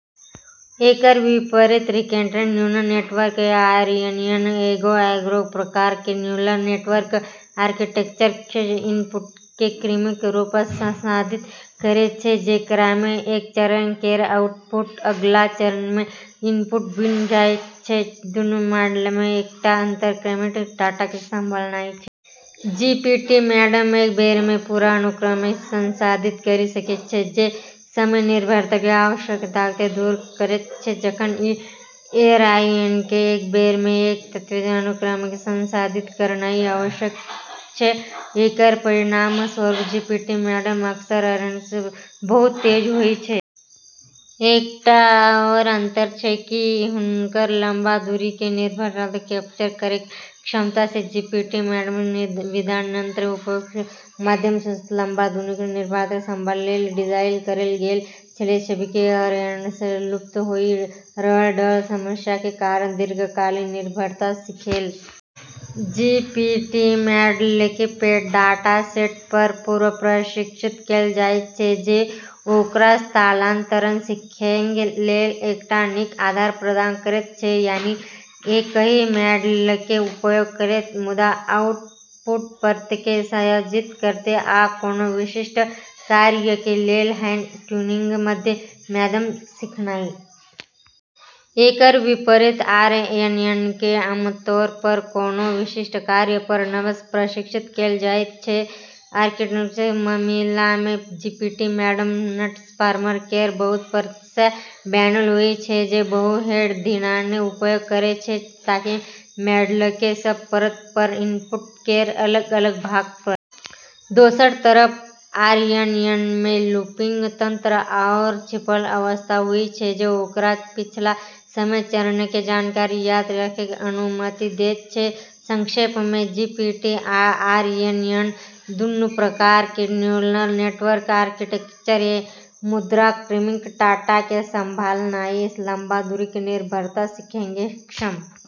एकर विपरीत, recurrent neural network या RNN एगो आओर प्रकारके न्यूरल नेटवर्क आर्किटेक्चर छै जे इनपुटके क्रमिक रूपसँ संसाधित करै छै, जेकरामे एक चरण केर आउटपुट अगला चरणमे इनपुट बनि जाइत छै। दुन्नू मॉडलमे एकटा अंतर क्रमिक डाटाके संभालनाइ छै। जीपीटी मॉडल एक बेरमे पूरा अनुक्रमके संसाधित करि सकै छै, जे समय निर्भरताके आवश्यकताके दूर करैत छै, जखन कि आरएनएनके एक बेरमे एक तत्वके अनुक्रमके संसाधित करनाइ आवश्यक छै। एकर परिणामस्वरूप जीपीटी मॉडल अक्सर आरएनएनसँ बहुत तेज होइ छै। एकटा आओर अंतर छै कि हुनकर लम्बा दूरीके निर्भरताके कैप्चर करैके क्षमता छै। जीपीटी मॉडलके धियान तंत्रके उपयोगके माध्यमसँ लम्बा दूरीके निर्भरताके संभालै लेल डिजाइन करल गेल छलै, जबकि आरएनएन लुप्त होइ रहल ढाल समस्याके कारण दीर्घकालिक निर्भरता सिखै लेल संघर्ष करि सकै छै। जीपीटी मॉडलके पैघ डाटासेट पर पूर्व प्रशिक्षित कैल जाइत छै, जे ओकरा स्थानांतरण सिखैके लेल एकटा नीक आधार प्रदान करैत छै, यानि, एकहि मॉडलके उपयोग करैत मुदा आउटपुट परतके समायोजित करैत आ कोनो विशिष्ट कार्यके लेल फाइन-ट्यूनिंगके माध्यमसँ सिखनाइ। एकर विपरीत आरएनएनके आमतौर पर कोनो विशिष्ट कार्य पर नबसँ प्रशिक्षित कैल जाइत छै। आर्किटेक्चरके मामिलामे जीपीटी मॉडल ट्रांसफार्मर केर बहुत परतसँ बनल होइ छै जे बहु-हेड धियानके उपयोग करै छै ताकि मॉडलके सब परत पर इनपुट केर अलग-अलग भाग पर धियान केंद्रित करैके अनुमति भेट सकै। दोसर तरफ आरएनएनमे लूपिंग तंत्र आओर छिपल अवस्था होइ छै जे ओकरा पिछला समय चरणके जानकारी याद राखैके अनुमति दैत छै। संक्षेपमे, जीपीटी आ आरएनएन दुन्नू प्रकारके न्यूरल नेटवर्क आर्किटेक्चर छै मुदा क्रमिक डाटाके संभालनाइ, लम्बा दूरीके निर्भरता सिखैके क्षमता, आ आर्किटेक्चरमे भिन्न छै।